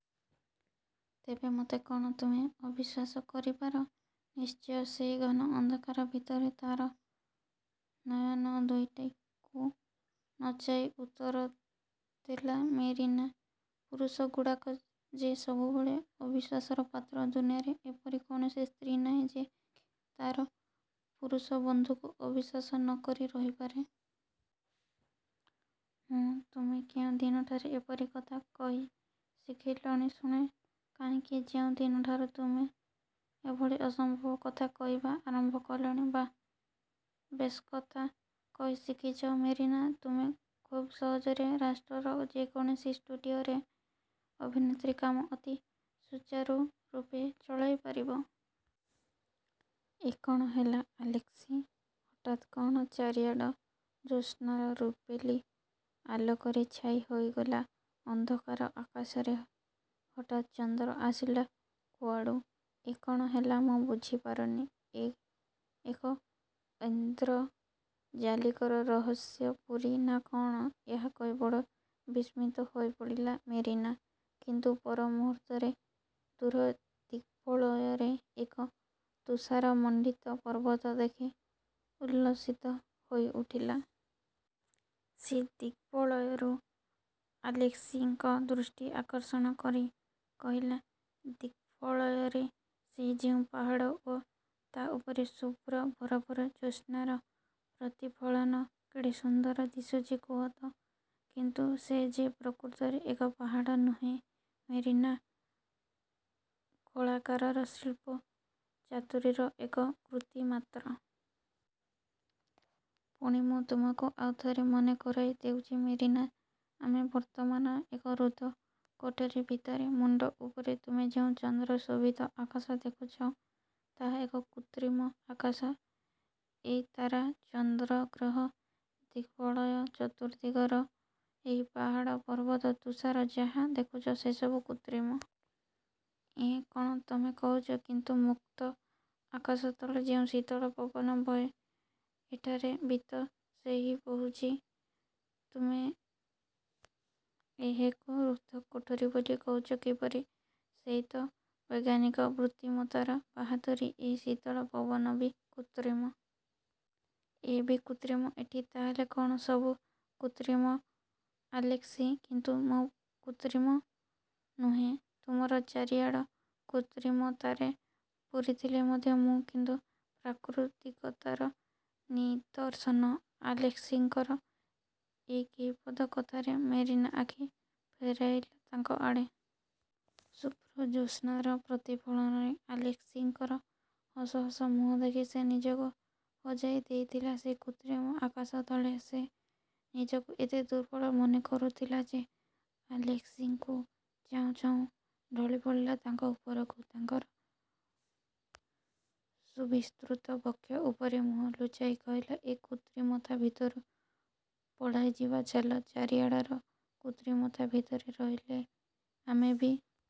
'' ''ତେବେ ମୋତେ କ'ଣ ତୁମେ ଅବିଶ୍ୱାସ କରିପାର? '' ''ନିଶ୍ଚୟ''–ସେହି ଘନ ଅନ୍ଧକାର ଭିତରେ ତାର ନୟନ ଦୁଇଟିକୁ ନଚାଇ ଉତ୍ତର ଦେଲା ମେରିନା, ''ପୁରୁଷଗୁଡ଼ାକ ଯେ ସବୁବେଳେ ଅବିଶ୍ୱାସର ପାତ୍ର। ଦୁନିଆଁରେ ଏପରି କୌଣସି ସ୍ତ୍ରୀ ନାହିଁ ଯେ କି ତାର ପୁରୁଷବନ୍ଧୁକୁ ଅବିଶ୍ୱାସ ନ କରି ରହିପାରେ। '' ''ହୁଁ, ତୁମେ କେଉଁ ଦିନଠାରୁ ଏପରି କଥା କହିଶିଖିଲଣି ଶୁଣେ। '' ''କାହିଁକି? ଯେଉଁ ଦିନଠାରୁ ତୁମେ ଏଭଳି ଅସମ୍ଭବ କଥା କହିବା ଆରମ୍ଭ କଲଣି। '' ''ବାଃ, ବେଶ୍କଥା କହିଶିଖିଛ ମେରିନା! ତୁମେ ଖୁବ୍ ସହଜରେ ରାଷ୍ଟ୍ରର ଯେକୌଣସି ଷ୍ଟୁଡ଼ିଓରେ ଅଭିନେତ୍ରୀ କାମ ଅତି ସୂଚାରୁରୂପେ ଚଳାଇ ପାରିବ। ''ଏ କ'ଣ ହେଲା ଆଲେସ୍କି? ହଠାତ୍ କ'ଣ ଚାରିଆଡ଼ ଜ୍ୟୋତ୍ସ୍ନାର ରୂପେଲି ଆଲୋକରେ ଛାଇ ହୋଇଗଲା! ଅନ୍ଧକାର ଆକାଶରେ ହଠାତ୍ ଚନ୍ଦ୍ର ଆସିଲା କୁଆଡ଼ୁ? ଏ କ'ଣ ହେଲା ମୁଁ ବୁଝିପାରୁନି। ଏ ଏକ ଐନ୍ଦ୍ରଜାଲିକର ରହସ୍ୟପୁରୀ ନା କଅଣ? '' ଏହା କହି ବଡ଼ ବିସ୍ମିତ ହୋଇପଡ଼ିଲା ମେରିନା; କିନ୍ତୁ ପରମୂହୂର୍ତ୍ତରେ ଦୂର ଦିଗ୍ବଳୟରେ ଏକ ତୁଷାରମଣ୍ଡିତ ପର୍ବତ ଦେଖି ଉଲ୍ଲସିତ ହୋଇଉଠିଲା। ସେ ଦିଗ୍ବଳୟକୁ ଆଲେସ୍କିଙ୍କ ଦୃଷ୍ଟି ଆକର୍ଷଣ କରି କହିଲା, ''ଦିଗ୍ବଳୟରେ ସେଇ ଯେଉଁ ପାହାଡ଼ ଓ ତା ଉପରେ ଶୁଭ୍ର ବରଫରେ ଜ୍ୟୋତ୍ସ୍ନାର ପ୍ରତିଫଳନ କେଡ଼େ ସୁନ୍ଦର ଦିଶୁଛି କୁହ ତ? '' ''କିନ୍ତୁ ସେ ଯେ ପ୍ରକୃତରେ ଏକ ପାହାଡ଼ ନୁହେଁ ମେରିନା! କଳାକାରର ଶିଳ୍ପ ଚାତୁରୀର ଏକ କୃତି ମାତ୍ର। ପୁଣି ମୁଁ ତୁମକୁ ଆଉ ଥରେ ମନେ କରାଇ ଦେଉଛି ମେରିନା, ଆମେ ବର୍ତ୍ତମାନ ଏକ ରୁଦ୍ଧ କୋଠରି ଭିତରେ। ମୁଣ୍ଡ ଉପରେ ତୁମେ ଯେଉଁ ଚନ୍ଦ୍ର ଶୋଭିତ ଆକାଶ ଦେଖୁଛ, ତାହା ଏକ କୃତ୍ରିମ ଆକାଶ। ଏଇ ତାରା, ଚନ୍ଦ୍ର, ଗ୍ରହ, ଦିଗ୍ବଳୟ ଚତୁର୍ଦ୍ଦିଗର ଏହି ପାହାଡ଼ ପର୍ବତ, ତୁଷାର ଯାହା ଦେଖୁଛ ସେସବୁ କୃତ୍ରିମ। '' ''ଏଁ, କ'ଣ ତମେ କହୁଛ? '' କିନ୍ତୁ ମୁକ୍ତ ଆକାଶତଳେ ଯେଉଁ ଶୀତଳ ପବନ ବହେ ଏଠାରେ ବିତ ସେହି ବହୁଛି। ତୁମେ ଏହେକୁ ରୁଦ୍ଧ କୋଠରି ବୋଲି କହୁଛ କିପରି? '' ''ସେଇ ତ ବୈଜ୍ଞାନିକ ବୁଦ୍ଧିମତ୍ତାର ବାହାଦୁରୀ। ଏଇ ଶୀତଳ ପବନ ବି କୃତ୍ରିମ। '' ''ଏ ବି କୃତ୍ରିମ ଏଠି ତା' ହେଲେ କ'ଣ ସବୁ କୃତ୍ରିମ ଆଲେସ୍କି? '' ''କିନ୍ତୁ ମୁଁ କୃତ୍ରିମ? ନୁହେଁ। ତୁମର ଚାରିଆଡ଼ କୃତ୍ରିମତାରେ ପୂରିଥିଲେ ମଧ୍ୟ ମୁଁ କିନ୍ତୁ ପ୍ରାକୃତିକତାର ନିଦର୍ଶନ। '' ଆଲେସ୍କିଙ୍କର ଏଇ କେଇପଦ କଥାରେ ମେରିନା ଆଖି ଫେରାଇଲା ତାଙ୍କ ଆଡ଼େ। ଶୁଭ୍ର ଜ୍ୟୋତ୍ସ୍ନାର ପ୍ରତିଫଳନରେ ଆଲେସ୍କିଙ୍କର ହସହସ ମୁଖ ଦେଖି ସେ ନିଜକୁ ହଜାଇ ଦେଇଥିଲା ସେହି କୃତ୍ରିମ ଆକାଶତଳେ। ସେ ନିଜକୁ ଏତେ ଦୁର୍ବଳ ମନେ କରୁଥିଲା ଯେ, ଆଲେସ୍କିଙ୍କୁ ଚାହୁଁ ଚାହୁଁ ଢଳିପଡ଼ିଲା ତାଙ୍କ ଉପରକୁ। ତାଙ୍କର ସୁବିସ୍ତୃତ ବକ୍ଷ ଉପରେ ମୁହଁ ଲୁଚାଇ କହିଲା, ''ଏ କୃତ୍ରିମତା ଭିତରୁ ପଳାଇଯିବା ଚାଲ। ଚାରିଆଡ଼ର କୃତ୍ରିମତା ଭିତରେ ରହିଲେ ଆମେ ବି